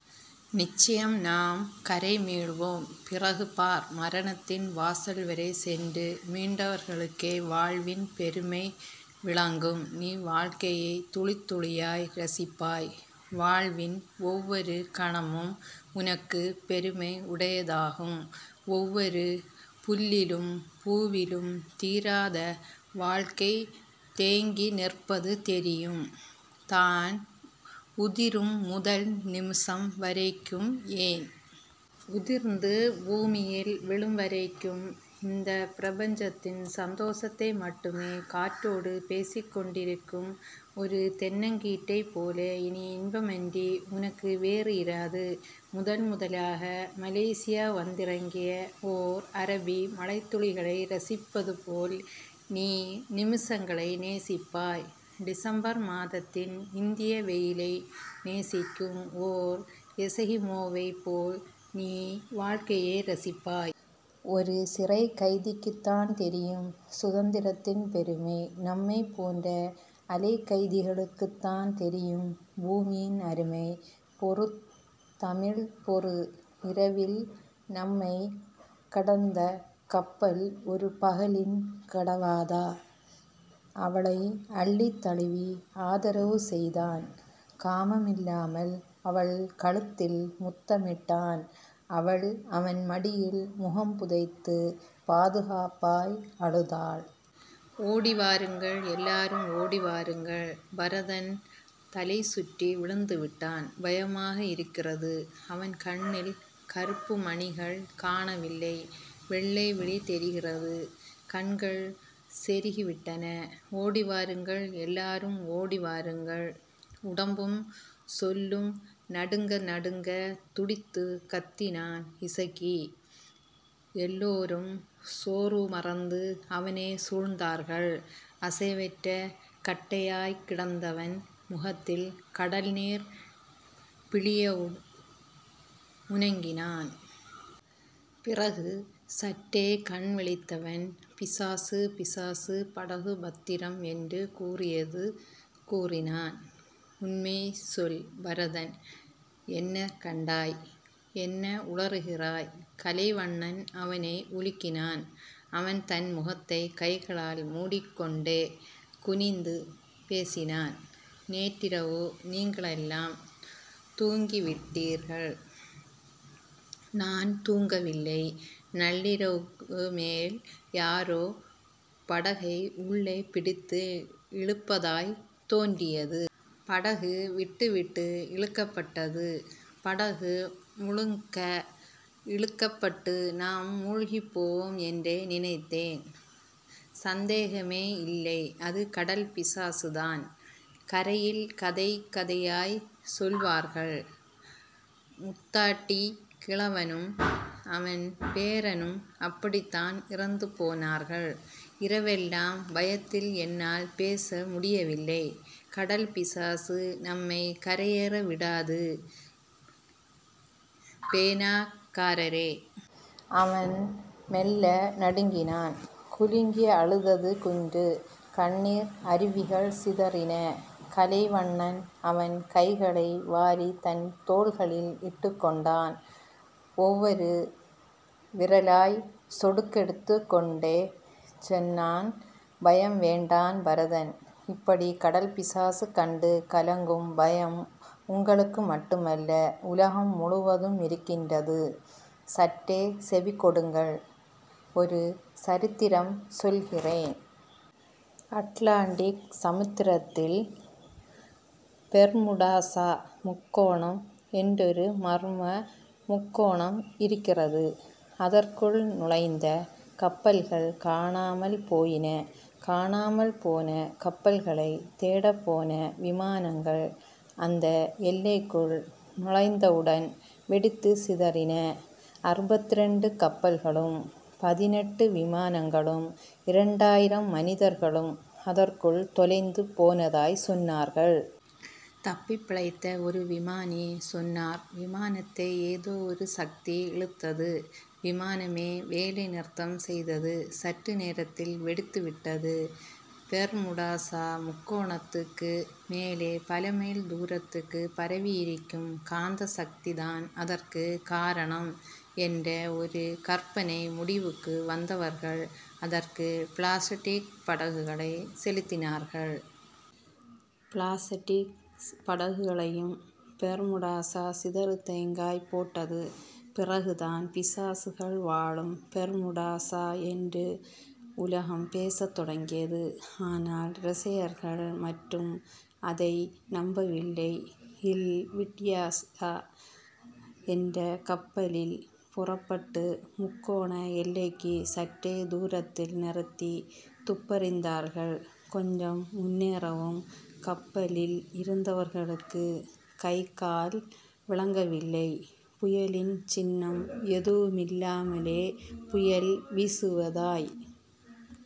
நிச்சயம் நாம் கரைமீள்வோம். பிறகு பார். மரணத்தின் வாசல்வரை சென்று மீண்டவர்களுக்கே வாழ்வின் பெருமை விளங்கும். நீ வாழ்க்கையைத் துளித்துளியாய் ரசிப்பாய். வாழ்வின் ஒவ்வொரு கணமும் உனக்குப் பெருமை உடையதாகும். ஒவ்வொரு புல்லிலும் பூவிலும் தீராத வாழ்க்கை தேங்கி நிற்பது தெரியும். தான் உதிரும் முதல் நிமிஷம் வரைக்கும் ஏன்... உதிர்ந்து பூமியில் விழும்வரைக்கும், இந்தப் பிரபஞ்சத்தின் சந்தோஷத்தை மட்டுமே காற்றோடு பேசிக்கொண்டிருக்கும் ஒரு தென்னங்கீற்றைப் போல இனி இன்பமன்றி உனக்கு வேறு இராது. முதன்முதலாக மலேசியா வந்திறங்கிய ஓர் அரபி, மழைத்துளிகளை நேசிப்பது போல் நீ நிமிஷங்களை நேசிப்பாய். டிசம்பர் மாதத்தின் இந்திய வெயிலை நேசிக்கும் ஓர் எஸகிமோவைப் போல் நீ வாழ்க்கையை ரசிப்பாய். ஒரு சிறைக்கைதிக்குத்தான் தெரியும் சுதந்திரத்தின் பெருமை. நம்மைப் போன்ற அலைக்கைதிகளுக்குத்தான் தெரியும் பூமியின் அருமை. பொறு தமிழ். பொறு... இரவில் நம்மைக் கடந்த கப்பல், ஒரு பகலில் கடவாதா? அவளை அள்ளித் தழுவி ஆதரவு செய்தான். காமமில்லாமல் அவள் கழுத்தில் முத்தமிட்டான். அவள், அவன் மடியில் முகம் புதைத்துப் பாதுகாப்பாய் அழுதாள். ஓடிவாருங்கள்... எல்லாரும் ஓடிவாருங்கள். பரதன் தலை சுற்றி விழுந்துவிட்டான். பயமாக இருக்கிறது. அவன் கண்ணில் கருப்புமணிகள் காணவில்லை. வெள்ளைவிழி தெரிகிறது. கண்கள் செருகிவிட்டன. ஓடிவாருங்கள்... எல்லாரும் ஓடிவாருங்கள்... உடம்பும் சொல்லும் நடுங்க நடுங்கத் துடித்துக் கத்தினான் இசக்கி. எல்லோரும் சோர்வு மறந்து அவனைச் சூழ்ந்தார்கள். அசைவற்ற கட்டையாய்க் கிடந்தவன் முகத்தில், கடல்நீர் பிழியவும் முனகினான். பிறகு சற்றே கண்விழித்தவன் பிசாசு, பிசாசு. படகு பத்திரம். என்று கூறியது கூறினான். உண்மை சொல் பரதன், என்ன கண்டாய்? என்ன உளறுகிறாய்? கலைவண்ணன் அவனை உலுக்கினான். அவன் தன் முகத்தைக் கைகளால் முடிக்கொண்டே குனிந்து பேசினான். நேற்றிரவு நீங்களெல்லாம் தூங்கிவிட்டீர்கள். நான் தூங்கவில்லை. நள்ளிரவுக்குமேல் யாரோ படகை உள்ளே பிடித்து இழுப்பதாய்த் தோன்றியது. படகு விட்டுவிட்டு இழுக்கப்பட்டது. படகு முழுக்க இழுக்கப்பட்டு நாம் முழ்கிப் போவோம் என்றே நினைத்தேன். சந்தேகமே இல்லை அது கடல் பிசாசுதான். கரையில் கதை கதையாய்ச் சொல்வார்கள். முத்தாண்டிக் கிழவனும் அவன் பேரனும் அப்படித்தான் இறந்து போனார்கள். இரவெல்லாம் பயத்தில் என்னால் பேச முடியவில்லை. கடல் பிசாசு நம்மைக் கரையேற விடாது பேனாக்காரரே. அவன் மெல்ல நடுங்கினான். குலுங்கி அழுதது குன்று. கண்ணீர் அருவிகள் சிதறின. கலைவண்ணன், அவன் கைகளை வாரித் தன் தோள்களில் இட்டுக்கொண்டான். ஒவ்வொரு விரலாய்ச் சொடுக்கெடுத்துக்கொண்டே சொன்னான். பயம் வேண்டாம் பரதன். இப்படிக் கடல் பிசாசு கண்டு கலங்கும் பயம் உங்களுக்குமட்டுமல்ல, உலகம் முழுவதுமிருக்கிறது. சற்றே செவி கொடுங்கள், ஒரு சரித்திரம் சொல்கிறேன். அட்லாண்டிக் சமுத்திரத்தில் பெர்முடாஸ முக்கோணம் என்றொரு மர்ம முக்கோணம் இருக்கிறது. அதற்குள் நுழைந்த கப்பல்கள் காணாமல் போயின. காணாமல் போன கப்பல்களைத் தேடப்போன விமானங்கள், அந்த எல்லைக்குள் நுழைந்தவுடன் வெடித்துச் சிதறின. அறுபத்திரண்டு கப்பல்களும் பதினெட்டு விமானங்களும் இரண்டாயிரம் மனிதர்களும் அதற்குள் தொலைந்து போனதாய்ச் சொன்னார்கள். தப்பிப் பிழைத்த ஒரு விமானி சொன்னார். விமானத்தை ஏதோ ஒரு சக்தி இழுத்தது. விமானமே வேலைநிறுத்தம் செய்தது. சற்று நேரத்தில் வெடித்துவிட்டது... பெர்முடாஸ முக்கோணத்துக்கு மேலே பல மைல் தூரத்துக்குப் பரவியிருக்கும் காந்த சக்திதான் அதற்குக் காரணம் என்ற ஒரு கற்பனை முடிவுக்கு வந்தவர்கள், அதற்குள் பிளாஸடிக் படகுகளைச் செலுத்தினார்கள். பிளாஸடிக் படகுகளையும் பெர்முடாஸ சிதறுதேங்காய் போட்டது. பிறகுதான் பிசாசுகள் வாழும் பெர்முடாஸ என்று உலகம் பேசத் தொடங்கியது. ஆனால், ரஷயர்கள் மட்டும் அதை நம்பவில்லை. ல் விட்யாஸ என்ற கப்பலில் புறப்பட்டு, முக்கோண எல்லைக்குச் சற்றே தூரத்தில் நிறுத்தித் துப்பறிந்தார்கள். கொஞ்சம் முன்னேறவும், கப்பலில் இருந்தவர்களுக்குக் கை கால் விளங்கவில்லை. புயலின் சின்னம் எதுவுமில்லாமலே, புயல் வீசுவதாய்க்